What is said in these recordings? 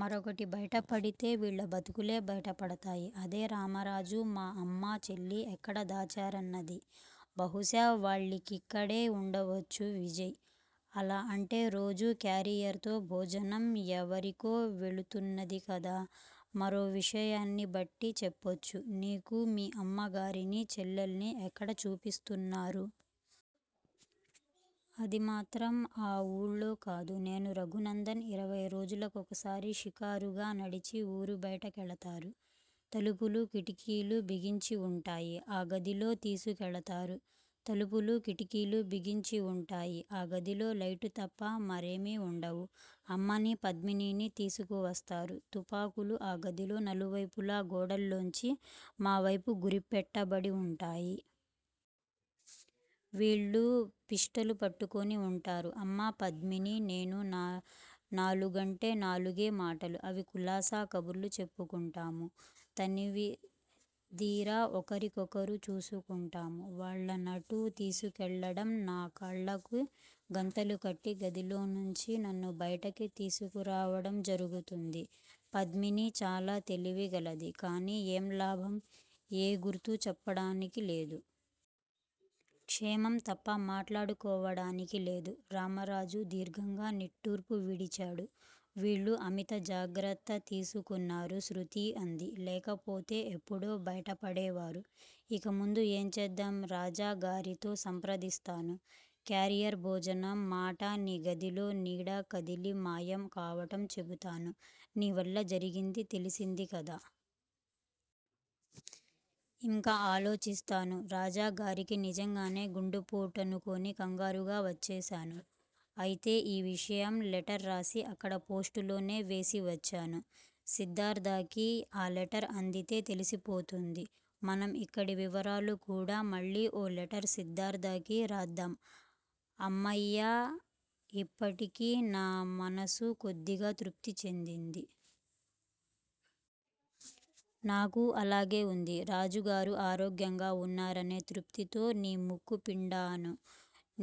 మరొకటి బైటపడితే వీళ్ళ బతుకులే బైటపడతాయి. అదేరామరాజు, మా అమ్మ, చెల్లిని ఎక్కడ దాచారన్నది. బహుశా వాళ్ళిక్కడే వుండవచ్చు విజయ్! ఎలా అంటే రోజూ క్యారియర్ తో భోజనం ఎవరికో వెడుతున్నది కదా! మరో విషయాన్నిబట్టి చెప్పొచ్చు. నీకు మీ అమ్మ గారిని, చెల్లెల్ని ఎక్కడ చూపిస్తున్నారు? అదిమాత్రం ఆ వూళ్ళోకాదు. నేను, రఘునందన్ ఇరవై రోజులకొకసారి షికారుగా నడిచి ఊరిబైట కెళతారు. తలుపులు, కిటికీలు బిగించివుంటాయి. ఆ గదిలో తీసుకెళతారు. తలుపులు, కిటికీలు బిగించివుంటాయి. ఆ గదిలో లైటుతప్ప మరేమీవుండవు. అమ్మని, పద్మినిని తీసుకువస్తారు, తుపాకులు ఆ గదిలో నలువైపులా గోడల్లోంచి మా వైపు గురిపెట్టబడి వుంటాయి. వీళ్ళు పిష్టలుపట్టుకునివుంటారు. అమ్మా, పద్మిని, నేను నాలుగంటే నాలుగే మాటలు-అవీ కులాసా కబుర్లు చెప్పుకుంటాం. తనివిదీరా ఒకరినొకరు చూసుకుంటాం వాళ్ళ నటు తీసుకెళ్ళడం, నా కళ్ళకి గంతలుకట్టి గదిలోంచి నన్ను బైటకి తీసుకురావడం జరుగుతుంది. పద్మిని చాల తెలివిగలది. కానీ ఏం లాభం? ఏ గుర్తూ చెప్పడానికి లేదు. క్షేమం తప్ప మాట్లాడుకోడానికి లేదు రామరాజు దీర్ఘంగా నిట్టూర్పు విడిచాడు. వీళ్ళు అమిత జాగ్రత్తతీసుకున్నారు శృతి అంది. లేకపోతే ఎప్పుడో బైటపడేవారు. ఇకముందు ఏం చేద్దాం! రాజాగారితో సంప్రదిస్తాను. క్యారియర్ భోజనం మాట, నీ గదిలో నీడ కదిలి మాయం కావటం చెపుతాను. నీవల్ల జరిగింది తెలిసిందికదా. ఇంక ఆలోచిస్తాను. రాజాగారికి నిజంగానే గుండెపొటనుకొని కంగారుగా వచ్చేశాను. అయితే ఈ విషయం లెటర్ రాసి అక్కడ పోస్టులోనే వేసివచ్చాను. సిద్దార్థకి ఆ లెటరు అందితే తెలిసిపోతుంది. మనం ఇక్కడి వివరాలుకూడా మళ్ళీ ఓ లెటర్ సిద్దార్థకి రాద్దాం. అమ్మయ్య ఇప్పటికి నా మనసు కొద్దిగా తృప్తి చెందింది. నాకూ అలాగే వుంది. రాజుగారు ఆరోగ్యంగా వున్నారనే తృప్తితో నీ ముక్కు పిండాను.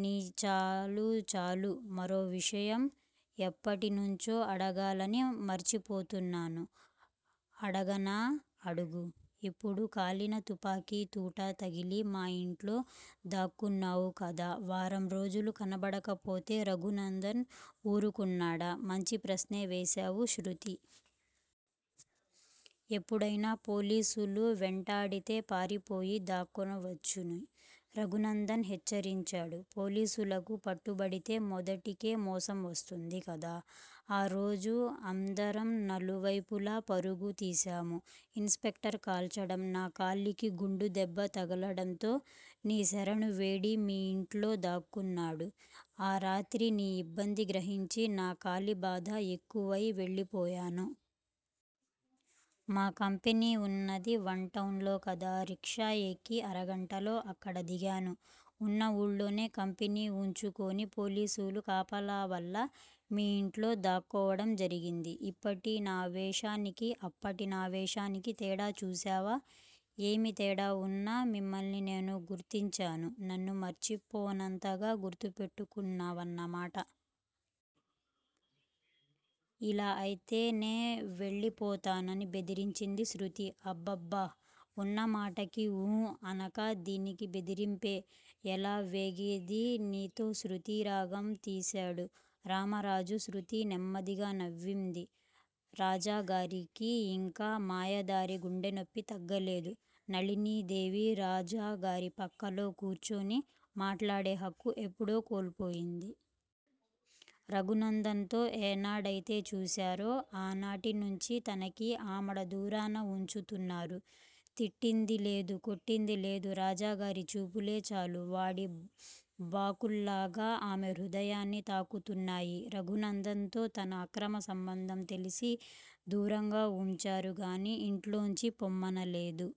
నీ చాలు. చాలు. మరో విషయం ఎప్పటినుంచో అడగాలని మర్చిపోతున్నాను. అడగనా? అడుగు! అప్పుడు కాలికి తుపాకి తూటా తగిలి మా యింట్లో దాక్కున్నావుకదా! వారంరోజులు కనబడకపోతే రఘునందన్ వూరుకున్నాడా? మంచి ప్రశ్నే వేశావు శృతీ. ఎప్పుడైనా పోలీసులు వెంటాడితే పారిపోయి దాక్కోవచ్చని రఘునందన్ హెచ్చరించాడు. పోలీసులకు పట్టుబడితే మొదటికే మోసంవస్తుంది కదా. ఆ రోజు అందరం నలువైపులా పరుగు తీశాము. ఇన్ స్పెక్టర్ కాల్చడం, నా కాలికి గుండు దెబ్బ తగలడంతో నీ శరణు వేడి మీ యింట్లో దాక్కున్నాను. ఆ రాత్రి నీ ఇబ్బంది గ్రహించి, నా కాలిబాధ ఎక్కువయి వెళ్ళిపోయాను. మా కంపెనీ వున్నది వన్ టౌనులోకదా! రిక్షాయెక్కి అరగంటలో అక్కడ దిగాను. ఉన్న ఊళ్ళోనే కంపెనీ వుంచుకుని పోలీసు కాపలావల్ల మీ ఇంట్లో దాక్కోవటం జరిగింది. ఇప్పటి నా వేషానికి, అప్పటి నా వేషానికి తేడా చూశావా! ఏమి తేడావున్నా మిమ్మల్ని నేను గుర్తించాను. నన్ను మర్చిపోనంతగా గుర్తుపెట్టుకున్నావన్నమాట! ఇలా అయితే నే వెళ్ళిపొతాను బెదిరించింది శృతి. అబ్బబ్బా ఉన్నమాటకి ఊ అనక, దీనికీ బెదిరింపే? ఎలా వేగేది నీతో శృతీ రాగం తీశాడు రామరాజు. శృతి నెమ్మదిగా నవ్వింది. రాజాగారికి ఇంకా మాయదారి గుండెనొప్పి తగ్గలేదు. నళినీదేవి రాజాగారి పక్కలో కూర్చొని మాట్లాడే హక్కు ఎప్పుడో కోల్పోయింది. రఘునందన్ తో ఏనాడయితే చూశారో ఆనాటినుంచీ తనకి ఆమడ దూరాన వుంచుతున్నారు. తిట్టిందిలేదు. కొట్టింది లేదు. రాజాగారి చూపులే చాలు. వాడి బాకుల్లాగా ఆమెహృదయాన్ని తాకుతున్నాయి. రఘునందన్ తో తన అక్రమ సంబంధం తెలిసి దూరంగా వుంచారుగాని ఇంట్లోంచి పొమ్మనలేదు.